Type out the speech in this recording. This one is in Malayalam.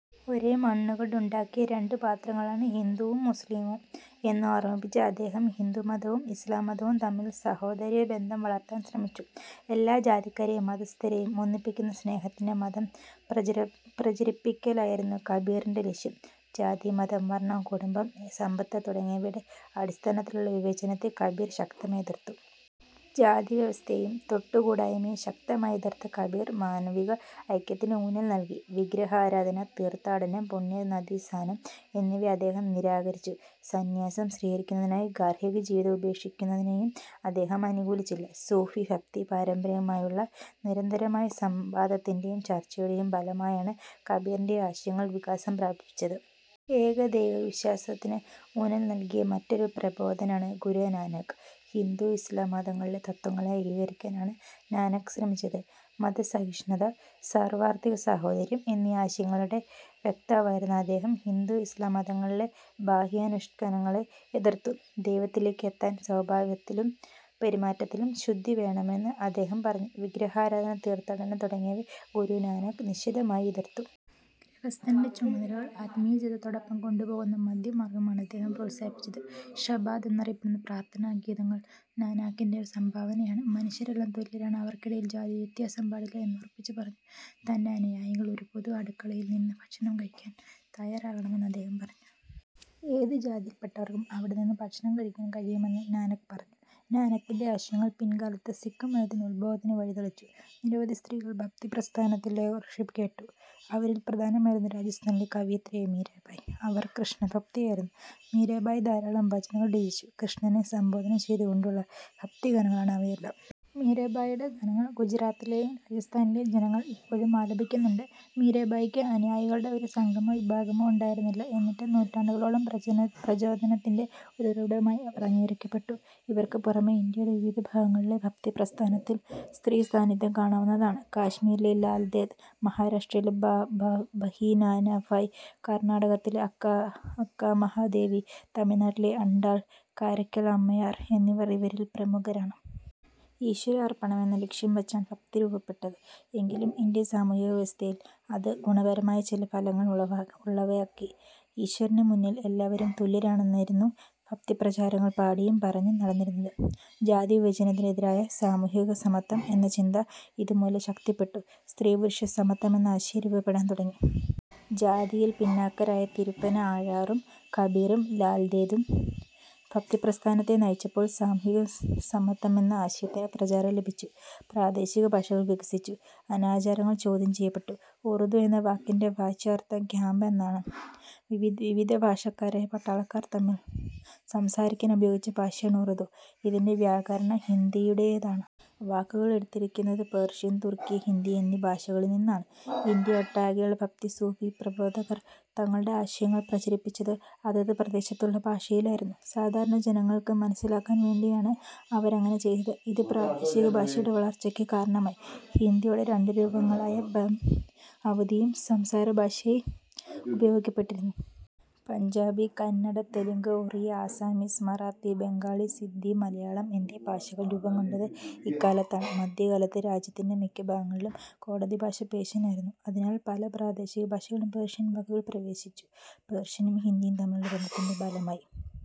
ഒരേ മണ്ണുകൊണ്ടുണ്ടാക്കിയ രണ്ടു പാത്രങ്ങളാണ് ഹിന്ദുവും മുസ്ലിമും എന്ന് ഓർമിപ്പിച്ച അദ്ദേഹം ഹിന്ദു മതവും ഇസ്ലാംമതവും തമ്മിൽ സാഹോദര്യബന്ധം വളർത്താൻ ശ്രമിച്ചു. എല്ലാ ജാതിക്കാരെയും മതസ്ഥരെയും ഒന്നിപ്പിക്കുന്ന സ്നേഹത്തിന്റെ മതം പ്രചരിപ്പിക്കലായിരുന്നു കബീറിന്റെ ലക്ഷ്യം. ജാതി, മതം, വർണം, കുടുംബം, സമ്പത്ത് തുടങ്ങിയവയുടെ അടിസ്ഥാനത്തിലുള്ള വിവേചനത്തെ കബീർ ശക്തമായി എതിർത്തു. ജാതിവ്യവസ്ഥയെയും തൊട്ടു കൂടായ്മയെയും ശക്തമായി എതിർത്ത കബീർ മാനവിക ഐക്യത്തിന് ഊന്നൽ നൽകി. വിഗ്രഹാരാധന, തീർത്ഥാടനം, പുണ്യനദീസാനം എന്നിവയെ അദ്ദേഹം നിരാകരിച്ചു. സന്ന്യാസം സ്വീകരിക്കുന്നതിനായി ഗാർഹികജീവിതം ഉപേക്ഷിക്കുന്നതിനെയും അദ്ദേഹം അനുകൂലിച്ചില്ല. സൂഫി ഭക്തി പാരമ്പര്യങ്ങളുമായുള്ള നിരന്തരമായ സംവാദത്തിന്റെയും ചർച്ചയുടെയും ഫലമായാണ് കബീറിന്റെ ആശയങ്ങൾ വികാസം പ്രാപിച്ചത്. ഏകദൈവവിശ്വാസത്തിന് ഊന്നൽ നൽകിയ മറ്റൊരു പ്രബോധകനാണ് ഗുരുനാനാക്ക്. ഹിന്ദു, ഇസ്ലാം മതങ്ങളിലെ തത്ത്വങ്ങളെ ഏകീകരിക്കാനാണ് നാനാക്ക് ശ്രമിച്ചത്. മതസഹിഷ്ണുത, സാർവത്രിക സാഹോദര്യം എന്നീ ആശയങ്ങളുടെ വക്താവായിരുന്ന അദ്ദേഹം ഹിന്ദു ഇസ്ലാം മതങ്ങളിലെ ബാഹ്യാനുഷ്ഠാനങ്ങളെ എതിർത്തു. ദൈവത്തിലേക്ക് എത്താൻ സ്വഭാവത്തിലും പെരുമാറ്റത്തിലും ശുദ്ധിവേണമെന്ന് അദ്ദേഹം പറഞ്ഞു. വിഗ്രഹാരാധന, തീർത്ഥാടനം തുടങ്ങിയവയെ ഗുരുനാനാക് നിശിതമായി എതിർത്തു. ഗൃഹസ്ഥന്റെ ചുമതലകൾ ആത്മീയ ജീവിതത്തോടൊപ്പം കൊണ്ടു പോകുന്ന മധ്യമാർഗമാണ് അദ്ദേഹം പ്രോത്സാഹിപ്പിച്ചത്. ഷാബാദ് എന്നറിയപ്പെടുന്ന പ്രാർഥനാഗീതങ്ങൾ നാനാക്കിന്റെ സംഭാവനയാണ്. മനുഷ്യരെല്ലാം തുല്യരാണ്, അവർക്കിടയിൽ ജാതിവ്യത്യാസം പാടില്ല എന്ന് ഉറപ്പിച്ചു പറഞ്ഞു. തന്റെ അനുയായികൾ ഒരു പൊതു അടുക്കള യിൽ നിന്ന് ഭക്ഷണം കഴിക്കാൻ തയാറാകണമെന്ന് അദ്ദേഹം പറഞ്ഞു. ഏതു ജാതിയിൽപ്പെട്ടവർക്കും അവിടെനിന്ന് ഭക്ഷണം കഴിക്കാൻ കഴിയുമെന്നും നാനാക്ക് പറഞ്ഞു. നാനാക്കിന്റെ ആശയങ്ങൾ പിൽക്കാലത്ത് സിഖ് മതത്തിന്റെ ഉദ്ഭവത്തിന് വഴിതെളിച്ചു. നിരവധി സ്ത്രീകൾ ഭക്തിപ്രസ്ഥാനത്തിലേക്കാകർഷിക്കപ്പെട്ടു. അവരിൽ പ്രധാനിയായിരുന്നു രാജസ്ഥാനിലെ കവയിത്രിയായ മീരാഭായി. അവർ കൃഷ്ണഭക്തയായിരുന്നു. മീരാഭായി ധാരാളം ഭജനകൾ രചിച്ചു. കൃഷ്ണനെ സംബോധന ചെയ്തുകൊണ്ടുള്ള ഭക്തിഗാനങ്ങളാണ് അവയെല്ലാം. മീരാഭായിയുടെ ഗാനങ്ങൾ ഗുജറാത്തിലെയും രാജസ്ഥാനിലെയും ജനങ്ങൾ ഇപ്പോഴും ആലപിക്കുന്നുണ്ട്. മീരാ ഭായിക്ക് അനുയായികളുടെ ഒരു സംഘമോ വിഭാഗമോ ഉണ്ടായിരുന്നില്ല. എന്നിട്ടും നൂറ്റാണ്ടുകളോളം പ്രചോദനത്തിന്റെ ഒരു ഉറവിടമായി അവർ അംഗീകരിക്കപ്പെട്ടു. ഇവർക്ക് പുറമെ ഇന്ത്യയുടെ വിവിധ ഭാഗങ്ങളിലെ ഭക്തിപ്രസ്ഥാനത്തിൽ സ്ത്രീസാന്നിധ്യം കാണാവുന്നതാണ്. കാശ്മീരിലെ ലാൽദേദ്, മഹാരാഷ്ട്രയിലെ ഭഹിനാഭായ്, കർണാടകത്തിലെ അക്കാമഹാദേവി, തമിഴ്നാട്ടിലെ ആണ്ടാൾ, കാരയ്ക്കൽ അമ്മയാർ എന്നിവർ അവരിൽ പ്രമുഖരാണ്. ഈശ്വരാർപ്പണം എന്ന ലക്ഷ്യം വച്ചാണ് ഭക്തി രൂപപ്പെട്ടത് എങ്കിലും ഇന്ത്യൻ സാമൂഹിക വ്യവസ്ഥയിൽ അത് ഗുണപരമായ ചില ഫലങ്ങൾ ഉളവാക്കി. ഈശ്വരനു മുന്നിൽ എല്ലാവരും തുല്യരാണെന്നായിരുന്നു ഭക്തിപ്രചാരകർ പാടിയും പറഞ്ഞും നടന്നിരുന്നത്. ജാതിവിവേചനത്തിനെതിരായ സാമൂഹിക സമത്വം എന്ന ചിന്ത ഇതുമൂലം ശക്തിപ്പെട്ടു. സ്ത്രീപുരുഷ സമത്വമെന്ന ആശയം രൂപപ്പെടാൻ തുടങ്ങി. ജാതിയിൽ പിന്നാക്കക്കാരായ തിരുപ്പന ആഴ്വാറും കബീറും ലാൽദേദും ഭക്തിപ്രസ്ഥാനത്തെ നയിച്ചപ്പോൾ സാമൂഹികസമത്വമെന്ന ആശയത്തിന് പ്രചാരം ലഭിച്ചു. പ്രാദേശികഭാഷകൾ വികസിച്ചു. അനാചാരങ്ങൾ ചോദ്യം ചെയ്യപ്പെട്ടു. ഉറുദു എന്ന വാക്കിന്റെ വാച്യാർഥം ക്യാമ്പ് എന്നാണ്. വിവിധ ഭാഷക്കാരായ പട്ടാളക്കാർ തമ്മിൽ സംസാരിക്കാൻ ഉപയോഗിച്ച ഭാഷയാണ് ഉറുദു. ഇതിന്റെ വ്യാകരണം ഹിന്ദിയുടേതാണ്. വാക്കുകൾ എടുത്തിരിക്കുന്നത് പേർഷ്യൻ, തുർക്കി, ഹിന്ദി എന്നീ ഭാഷകളിൽ നിന്നാണ്. ഇന്ത്യയൊട്ടാകെയുള്ള ഭക്തി-സൂഫി പ്രബോധകർ തങ്ങളുടെ ആശയങ്ങൾ പ്രചരിപ്പിച്ചത് അതത് പ്രദേശത്തുള്ള ഭാഷയിലായിരുന്നു. സാധാരണ ജനങ്ങൾക്ക് മനസ്സിലാകാൻ വേണ്ടിയാണ് അവരങ്ങനെ ചെയ്തത്. ഇത് പ്രാദേശികഭാഷകളുടെ വളർച്ചയ്ക്കു കാരണമായി. ഹിന്ദിയുടെ രണ്ടു രൂപങ്ങളായ ബം അവധിയും സംസാരഭാഷയായി ഉപയോഗിക്കപ്പെട്ടിരുന്നു. പഞ്ചാബി, കന്നഡ, തെലുങ്ക്, ഒറിയ, ആസാമീസ്, മറാത്തി, ബംഗാളി, സിന്ധി, മലയാളം എന്നീ ഭാഷകൾ രൂപംകൊണ്ടത് ഇക്കാലത്താണ്. മധ്യകാലത്ത് രാജ്യത്തിന്റെ മിക്ക ഭാഗങ്ങളിലും കോടതിഭാഷ പേർഷ്യനായിരുന്നു. അതിനാൽ പല പ്രാദേശികഭാഷകളിലും പേർഷ്യൻ വാക്കുകൾ പ്രവേശിച്ചു. പേർഷ്യനും ഹിന്ദിയും തമ്മിലുള്ള ബന്ധത്തിന്റെ ഫലമായി